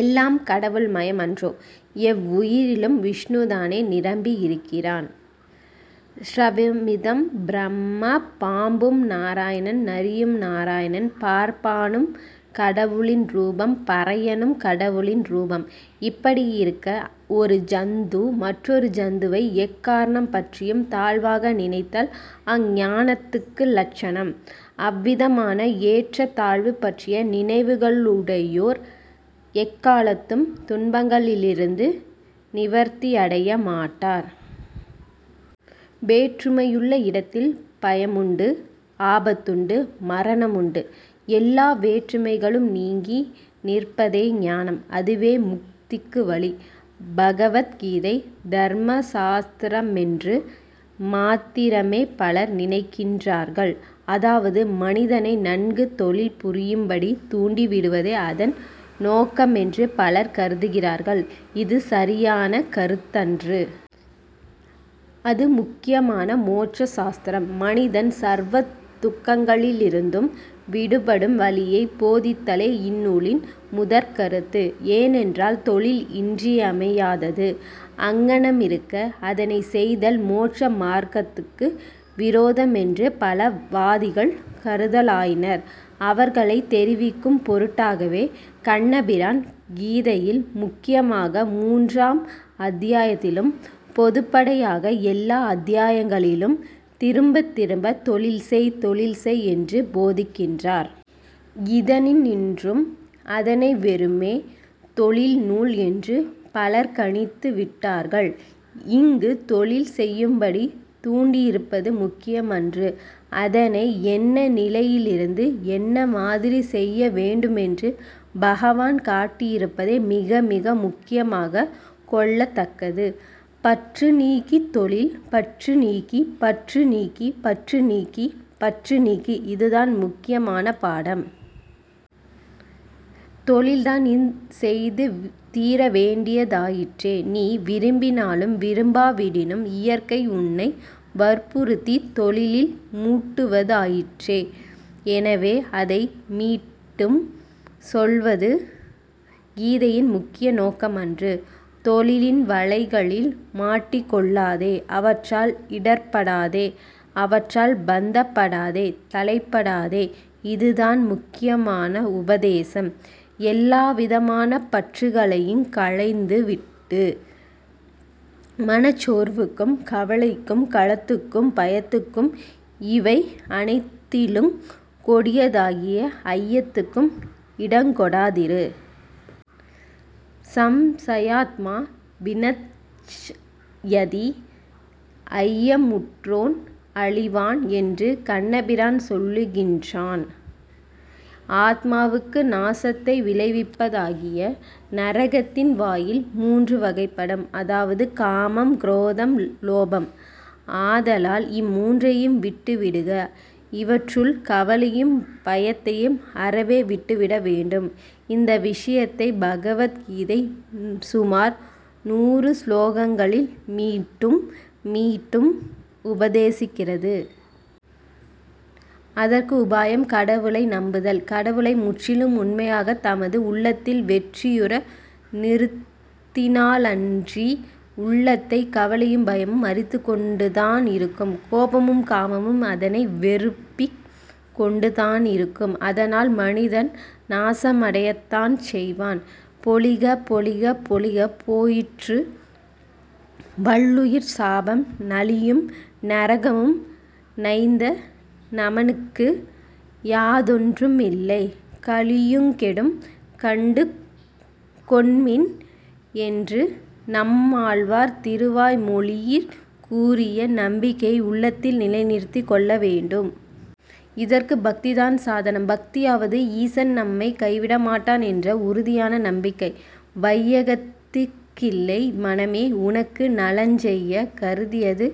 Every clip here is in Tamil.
எல்லாம் கடவுள் மயம் அன்றோ? எவ்வுயிரிலும் விஷ்ணுதானே நிரம்பியிருக்கிறான்? ஸர்வமிதம் ப்ரஹ்ம, பாம்பும் நாராயணன், நரியும் நாராயணன். பார்ப்பானும் கடவுளின் ரூபம், பறையனும் கடவுளின் ரூபம், இப்படியிருக்க ஒரு ஜந்து மற்றொரு ஜந்துவை எக்காரணம் பற்றியும் தாழ்வாக நினைத்தல் அஞ்ஞானத்துக்கு லட்சணம். அவ்விதமான ஏற்றத் தாழ்வு பற்றிய நினைவுகளுடையோர் எக்காலத்தும் துன்பங்களிலிருந்து நிவர்த்தியடைய மாட்டார். வேற்றுமையுள்ள இடத்தில் பயமுண்டு, ஆபத்துண்டு, மரணமுண்டு. எல்லா வேற்றுமைகளும் நீங்கி நிற்பதே ஞானம். அதுவே முக்திக்கு வழி. பகவத் கீதை தர்ம சாஸ்திரமென்று மாத்திரமே பலர் நினைக்கின்றார்கள். அதாவது, மனிதனை நன்கு தொழில் புரியும்படி தூண்டி விடுவதே அதன் நோக்கமென்று பலர் கருதுகிறார்கள். இது சரியான கருத்தன்று. அது முக்கியமான மோட்ச சாஸ்திரம். மனிதன் சர்வ துக்கங்களிலிருந்தும் விடுபடும் வழியைப் போதித்தலே இந்நூலின் முதற்கருத்து. ஏனென்றால், தொழில் இன்றியமையாதது. அங்ஙனமிருக்க, அதனைச் செய்தல் மோட்ச மார்க்கத்துக்கு விரோதமென்று பல வாதிகள் கருதலாயினர். அவர்களைத் தெளிவிக்கும் பொருட்டாகவே, கண்ணபிரான் கீதையில், முக்கியமாக மூன்றாம் அத்தியாயத்திலும், பொதுப்படையாக எல்லா அத்தியாயங்களிலும், திரும்பத் திரும்பத் தொழில் செய் தொழில் செய் என்று போதிக்கின்றார். இதனின்றும், அதனை வெறுமே, தொழில் நூல் என்று பலர் கணித்து விட்டார்கள். இங்குத் தொழில் செய்யும்படி தூண்டியிருப்பது முக்கியமன்று. அதனை என்ன நிலையிலிருந்து, என்ன மாதிரிச் செய்ய வேண்டுமென்று பகவான் காட்டியிருப்பதே மிக மிக முக்கியமாகக் கொள்ளத் தக்கது. பற்று நீக்கித் தொழில், பற்று நீக்கி, பற்று நீக்கி, பற்று நீக்கி, பற்று நீக்கி இது தான் முக்கியமான பாடம். தொழில்தான் நீ செய்து தீரவேண்டியதாயிற்றே? நீ விரும்பினாலும் விரும்பாவிடினும் இயற்கை உன்னை வற்புறுத்தித் தொழிலில் மூட்டுவதாயிற்றே? எனவே அதை மீட்டும் சொல்வது கீதையின் முக்கிய நோக்கமன்று. தொழிலின் வலைகளில் மாட்டிக் கொள்ளாதே. அவற்றால் இடர்ப்படாதே. அவற்றால் பந்தப் படாதே. தளைப்படாதே. இதுதான் முக்கியமான உபதேசம். எல்லாவிதமான பற்றுகளையுங் களைந்துவிட்டு, மனச் சோர்வுக்கும் கவலைக்கும் கலத்துக்கும் பயத்துக்கும் இவையனைத்திலுங் கொடியதாகிய ஐயத்துக்கும் இடங்கொடாதிரு. சம்சயாத்மா விநச்யதி, ஐயமுற்றோன் அழிவான் என்று கண்ணபிரான் சொல்லுகின்றான். ஆத்மாவுக்கு நாசத்தை விளைவிப்பதாகிய நரகத்தின் வாயில் மூன்று வகைப்படும். அதாவது காமம், குரோதம், லோபம். ஆதலால் இம்மூன்றையும் விட்டு விடுக. இவற்றுள் கவலையும் பயத்தையும் அறவே விட்டுவிடவேண்டும். இந்த விஷியத்தை பகவத் கீதை சுமார் நூறு சுலோகங்களில் மீட்டும் மீட்டும் உபதேசிக்கிறது. அதற்கு உபாயம் கடவுளை நம்புதல். கடவுளை முற்றிலும் உண்மையாகத் தமது உள்ளத்தில் வெற்றியுற நிறுத்தினாலன்றி, உள்ளத்தைக் கவலையும் பயமும் அரித்துக்கொண்டுதான் இருக்கும். கோபமும் காமமும் அதனை வெதுப்பிக் கொண்டுதானிருக்கும். அதனால் மனிதன் நாசமடையத்தான் செய்வான். பொலிக, பொலிக, பொலிக, போயிற்று வல்லுயிர்ச் சாபம், நலியும் நரகமும் நைந்த நமனுக்கு யாதொன்றுமில்லை; கலியுங்கெடும், கண்டு கொண்மின் என்று நம்மாழ்வார் திருவாய் மொழியிற் கூறிய நம்பிக்கையை உள்ளத்தில் நிலை நிறுத்திக் கொள்ள வேண்டும். இதற்குப் பக்திதான் சாதனம். பக்தியாவது, ஈசன் நம்மைக் கைவிட மாட்டான் என்ற உறுதியான நம்பிக்கை. வையகத்துக் கில்லை மனமே, உனக்கு நலஞ் செய்யக் கருதியது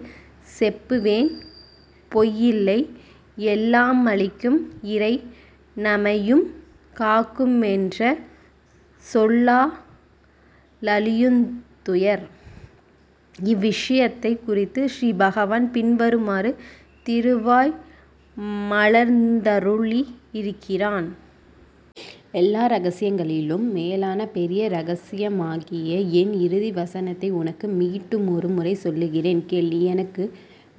செப்புவேன் பொய்யில்லை, எல்லா மளிக்கும் இறைநமையுங் காக்குமென்ற சொல்லா லழியுந் துயர். இவ்விஷியத்தைக் குறித்து ஸ்ரீ பகவான் பின்வருமாறு திருவாய் மலர்ந்தருளி யிருக்கிறான். எல்லா ரகசியங்களிலும் மேலான பெரிய ரகசியமாகிய என் இறுதி வசனத்தை உனக்கு மீட்டுமொருமுறை சொல்லுகிறேன், கேள். நீ எனக்கு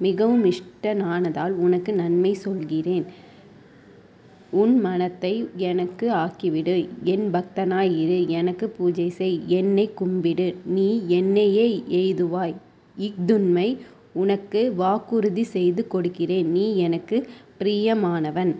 மிகவும் இஷ்டனானதால், உனக்கு நன்மை சொல்லுகிறேன். உன் மனத்தை எனக்கு ஆக்கிவிடு. என் பக்தனாயிரு. எனக்குப் பூஜை செய். என்னைக் கும்பிடு. நீ என்னையே எய்துவாய். இஃதுண்மை. உனக்குப் வாக்குறுதி செய்து கொடுக்கிறேன். நீ எனக்குப் பிரியமானவன்.